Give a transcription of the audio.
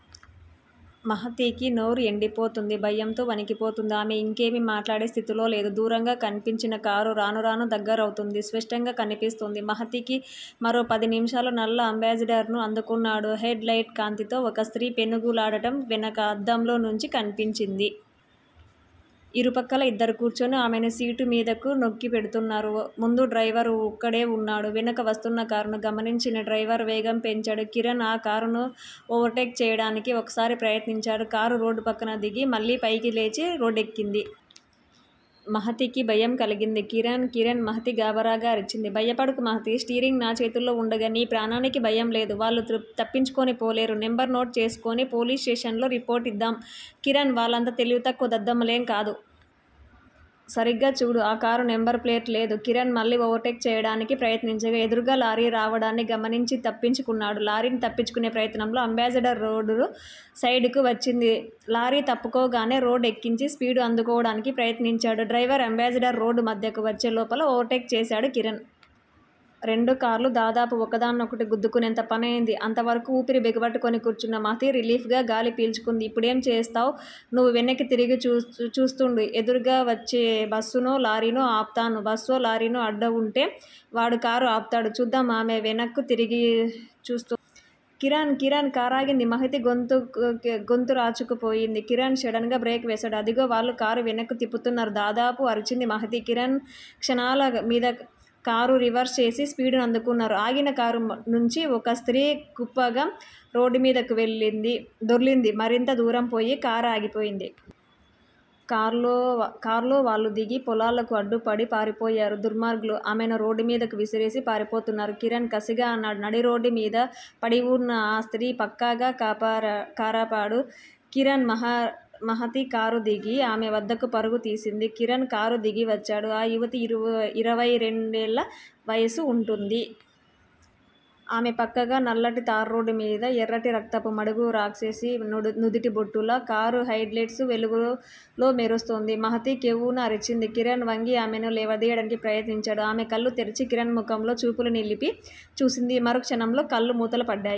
మహతికి నోరు ఎండిపోతోంది. భయంతో వణికిపోతోంది. ఆమె ఇంకేమీ మాట్లాడే స్థితిలో లేదు. దూరంగా కన్పించిన కారు రానురాను దగ్గరౌతున్నది. స్పష్టంగా కన్పిస్తోంది మహతికి. మరో పది నిముషాల్లో నల్ల అంబాసిడర్ ను అందుకున్నాడు. హెడ్ లైట్ల కాంతిలో ఒక స్త్రీ పెనుగు లాడటం వెనక అద్దంలో నుంచి కన్పించింది. ఇరుపక్కలా ఇద్దరు కూర్చుని ఆమెను సీటు మీదకు నొక్కిపెడుతున్నారు. ముందు డ్రైవర్ ఒక్కడే వున్నాడు. వెనక వస్తున్న కారును గమనించిన డ్రైవర్ వేగం పెంచాడు. కిరణ్ ఆ కారును ఓవర్ టేక్ చెయ్యదానికి ఒకసారి ప్రయత్నించాడు. కారు రోడ్డు పక్కకు దిగి, మళ్ళీ పైకి లేచి రోడ్డెక్కింది. మహతికి భయం కలిగింది. కిరణ్! కిరణ్! మహతి గాభరాగా అరిచింది. భయపడకు మహతీ! స్టీరింగ్ నా చేతుల్లో వుండగా నీ ప్రాణానికి భయంలేదు. వాళ్ళు తప్పించుకునిపోలేరు నంబరు నోట్ చేసుకుని వచ్చే పోలీస్ స్టేషన్ లో రిపోర్టు ఇద్దాం కిరణ్ వాళ్ళంత తెలివితక్కువ దద్దమ్మ లేం కాదు. సరిగ్గా చూడు. ఆకారుకు నంబరు ప్లేటు లేదు. కిరణ్ మళ్ళీ ఓవర్ టేక్ చెయ్యడానికి ప్రయత్నించి, ఎదురుగా లారీ రావడాన్ని గమనించి తప్పుకున్నాడు. లారీని తప్పుకునే ప్రయత్నంలో అంబాసిడర్ రోడ్డు సైడుకు వచ్చింది. లారీ తప్పుకోగానే రోడ్డు ఎక్కించి స్పీడు అందుకోవడానికి ప్రయత్నించాడు డ్రైవర్. అంబాసిడర్ రోడ్డు మధ్యకు వచ్చే లోపలే ఓవర్ టేక్ చేశాడు కిరణ్. రెండు కార్లూ దాదాపు ఒకదాన్నొకటి గుద్దుకున్నంత పనైంది. అంతవరకూ ఊపిరి బిగబట్టుకుని కూర్చున్న మహతి రిలీఫ్ గా గాలి పీల్చుకుంది. ఇప్పుడేం చేస్తావ్? నువ్వు వెనక్కు తిరిగి చూస్తుండు. ఎదురుగా వచ్చేబస్సునో, లారీనో ఆపుతాను. బస్సో, లారీనో అడ్డంవుంటే వాడే కారు ఆపుతాడు చూద్దాం ఆమె వెనక్కు తిరిగిచూస్తోంది. కిరణ్! కిరణ్! కారాగింది మహతి గొంతురాచుకు పోయింది. కిరణ్ సడన్ బ్రేకువేశాడు. అదుగో వాళ్ళు కారువెనక్కు తిప్పుతున్నారు దాదాపు అరిచింది మహతి. కిరణ్ క్షణాల మీధకారు రివర్స్ చేసి స్పీడు నందుకున్నాడు. ఆగిన కారు నుంచి ఒక స్త్రీ కుప్పగా రోడ్డుమీదకు దొర్లింది. మరికొంత దూరం పోయి కారు ఆగిపోయింది. కారులో వాళ్ళుదిగి పొలాలకు అడ్డంపడి పారిపోయారు. దుర్మార్గులు ఆమెనురోడ్డుమీదకు విసిరేసి పారిపోతున్నారు కిరణ్ కసిగా అన్నాడు. నడిరోడ్డు మీద పడివున్న ఆ స్త్రీ పక్కగా కారాపాడు కిరణ్. మహతి కారుదిగి ఆమె వద్దకు పరుగు తీసింది. కిరణ్ కారు దిగి వచ్చాడు. ఆ యువతి ఇరవై రెండేళ్ళ వయసు వుంటుంది. ఆమె పక్కగా నల్లటితారురోడ్డు మీద ఎర్రటిరక్తపు మడుగు రాక్షసి నుదుటిబొట్టులా కారు హెడ్ లైట్సు వెలుగులో మెరుస్తోంది. మహతి కెవ్వున అరిచింది. కిరణ్ వంగి ఆమెను లేవదీయడానికి ప్రయత్నించాడు. ఆమె కళ్ళు తెరిచింది. కిరణ్ ముఖంలో చూపులు నిలిపి చూసింది. మరోక్షణంలో కళ్ళు మూతలు పడ్డాయి.